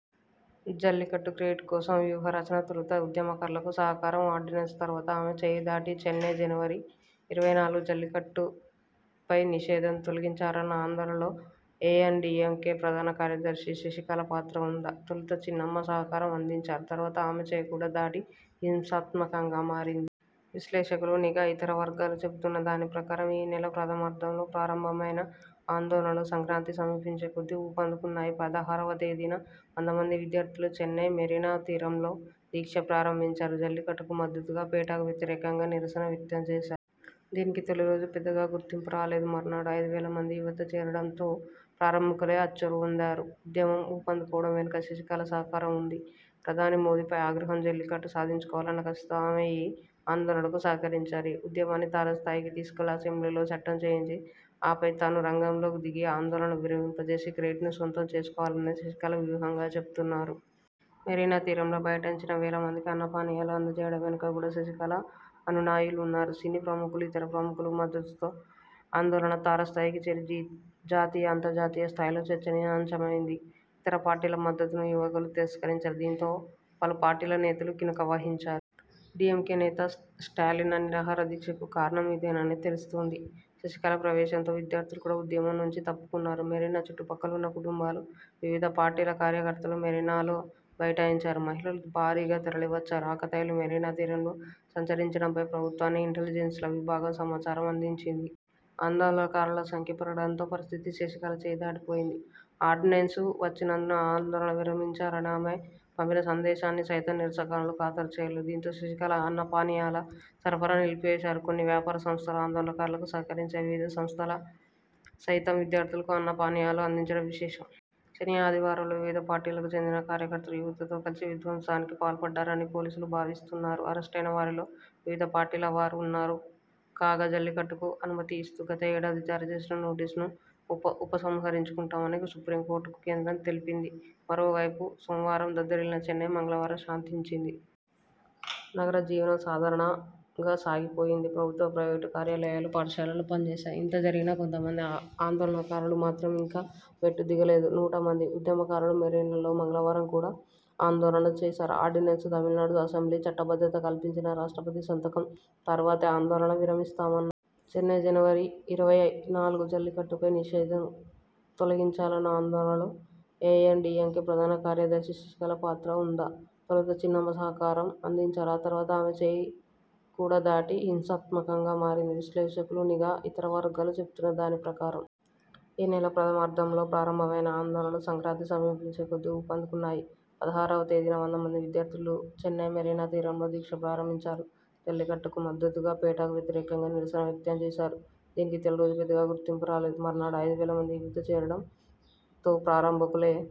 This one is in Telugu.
జల్లికట్టు 'క్రెడిట్' కోసం వ్యూహరచన తొలుత ఉద్యమకారులకు సహకారం ఆర్డినెన్స్ తర్వాత ఆమె చేయి దాటింది చెన్నై, జనవరి ఇరవై నాలుగు జల్లికట్టుపై నిషేధం తొలగించాలన్న ఆందోళనలో ఏఐఏడీఎంకే ప్రధాన కార్యద ర్శి శశికళ పాత్ర ఉందా? తొలుత చిన్నమ్మ సహకారం అం దించారు. తర్వాత ఆమె చేయి కూడా దాటి హింసాత్మ కంగా మారింది. విశ్లేషకులు, నిఘా, ఇతర వర్గాలు చెబుతున్న దాని ప్రకారం.. ఈ నెల ప్రథమార్థంలో ప్రారంభ మైన ఆందోళనలు సంక్రాంతి సమీపించే కొద్దీ ఊపందుకు న్నాయి. పదహారువ తేదీన వందమంది విద్యార్థులు చెన్నై మెరీనా తీరంలో దీక్ష ప్రారంభించారు. జల్లికట్టుకు మద్దతుగా, పెటాకు వ్యతిరేకంగా నిరసన వ్యక్తం చేశారు. దీనికి తొలిరోజు పెద్దగా గుర్తింపు రాలేదు. మరునాడు ఐదు వేల మంది యువత చేరడం తో ప్రారంభకులే అచ్చెరువొందారు. ఉద్యమం ఊపందుకోవడం వెనుక శశికళ సహకారం ఉంది. ప్రధాని మోదీపై ఆగ్రహం, జల్లికట్టు సాధించుకోవాలన్న కసితో ఆమె ఈ ఆందోళనకు సహకరించారు. ఉద్యమాన్ని తారస్థాయికి తీసుకెళ్లి, అసెంబ్లీలో చట్టం చేయించి, ఆపై తాను రంగంలోకి దిగి, ఆందోళనను విరమింపజేసి, క్రెడిట్ను సొంతం చేసుకోవాలన్నది శశికళ వ్యూహంగా చెబుతున్నారు. మెరీనా తీరంలో బైఠాయించిన వేల మందికి అన్నపానీయాలు అందజేయడం వెనుక కూడా శశికళ అనుయాయులు ఉన్నారు. సినీ ప్రముఖులు, ఇతర ప్రముఖుల మద్దతుతో ఆందోళన తారస్థాయికి చేరి జాతీయ, అంతర్జాతీయ స్థాయిలో చర్చనీయాంశమైంది. ఇతర పార్టీల మద్దతును యువకులు తిరస్కరించారు. దీంతో పలు పార్టీల నేతలు కినుక వహించారు. డీఎంకే నేత స్టాలిన నిరాహారదీక్షకు కారణం ఇదేనని తెలుస్తోంది. శశికళ ప్రవేశంతో విద్యార్థులు కూడా ఉద్య మం నుంచి తప్పుకొన్నారు. మెరీనా చుట్టుపక్కలున్న కుటుంబాలు, వివిధ పార్టీల కార్యకర్తలు మెరీనాలో బైఠాయించారు. మహిళలూ భారీగా తరలివచ్చారు. ఆకతాయిలు మెరీనా తీరంలో సంచరించడంపై ప్రభుత్వానికి ఇంటెలిజెన్స విభాగం సమాచారం అందించింది. ఆందోళనకారుల సం ఖ్య పెరగడంతో పరిస్థితి శశికళ చేయి దాటిపోయింది. ఆర్డినెన్స వచ్చినందున ఆందోళన విరమించాలని ఆమె పంపిన సందేశా న్ని సైతం నిరసనకారులు ఖాతరు చేయలేదు. దీంతో శశికళ ఆహారపానీయాల సరఫరా నిలిపేశారు. కొన్ని వ్యాపార సంస్థలూ ఆందోళనకారులకు సహకరించాయి. వివిధ స్వచ్ఛంద సంస్థలు సైతం విద్యార్థులకు ఆహారపానీయాలు అందించడం విశేషం. శని, ఆదివారాల్లో వివిధ పార్టీలకు చెందిన కార్యకర్తలు యువతతో కలిసి విధ్వంసానికి పాల్పడ్డారని పోలీసులు భావిస్తున్నారు. అరెస్టయిన వారిలో వివిధ పార్టీల వారు ఉన్నారు. కాగా, జల్లికట్టుకు అనుమతి ఇస్తూ గత ఏడాది జారీ చేసిన నోటిఫికేషన్ను ఉపసంహరించుకుంటామని సుప్రీంకోర్టుకు కేంద్రం తెలిపింది. మరోవైపు సోమవారం దద్దరిల్లిన చెన్నై మంగళవారం శాంతించింది. నగర జీవనం సాధారణంగా సాగిపోయింది. ప్రభు త్వ, ప్రైవేటు కార్యాలయాలు, పాఠశాలలు పనిచేశాయి. ఇంతజరిగినా కొంతమంది ఆందోళనకారులు మాత్రం ఇంకా మెట్టు దిగలేదు. నూట మంది ఉద్యమకారులు మెరీనాలో మంగళవారం కూడా ఆందోళన చేశారు. ఆర్డినెన్స్కు తమిళనాడు అసెంబ్లీ చట్టబద్ధత కల్పించినా రాష్ట్రపతి సంతకం తరువాతే ఆందోళన విరమిస్తామన్నారు. చెన్నై, జనవరి ఇరవై నాలుగు జల్లికట్టుపై నిషేధం తొలగించాలన్న ఆందోళనలో ఏఐఏడీఎంకే ప్రధాన కార్యద ర్శి శశికళ పాత్ర ఉందా? తొలుత చిన్నమ్మ సహకారం అం దించారు. తర్వాత ఆమె చేయి కూడా దాటి హింసాత్మ కంగా మారింది. విశ్లేషకులు, నిఘా, ఇతర వర్గాలు చెబుతున్న దాని ప్రకారం.. ఈ నెల ప్రథమార్థంలో ప్రారంభ మైన ఆందోళనలు సంక్రాంతి సమీపించే కొద్దీ ఊపందుకు న్నాయి. పదహారువ తేదీన వందమంది విద్యార్థులు చెన్నై మెరీనా తీరంలో దీక్ష ప్రారంభించారు. జల్లికట్టుకు మద్దతుగా, పెటాకు వ్యతిరేకంగా నిరసన వ్యక్తం చేశారు. దీనికి తొలిరోజు పెద్దగా గుర్తింపు రాలేదు. మరునాడు ఐదు వేల మంది యువత చేరడం తో ప్రారంభకులే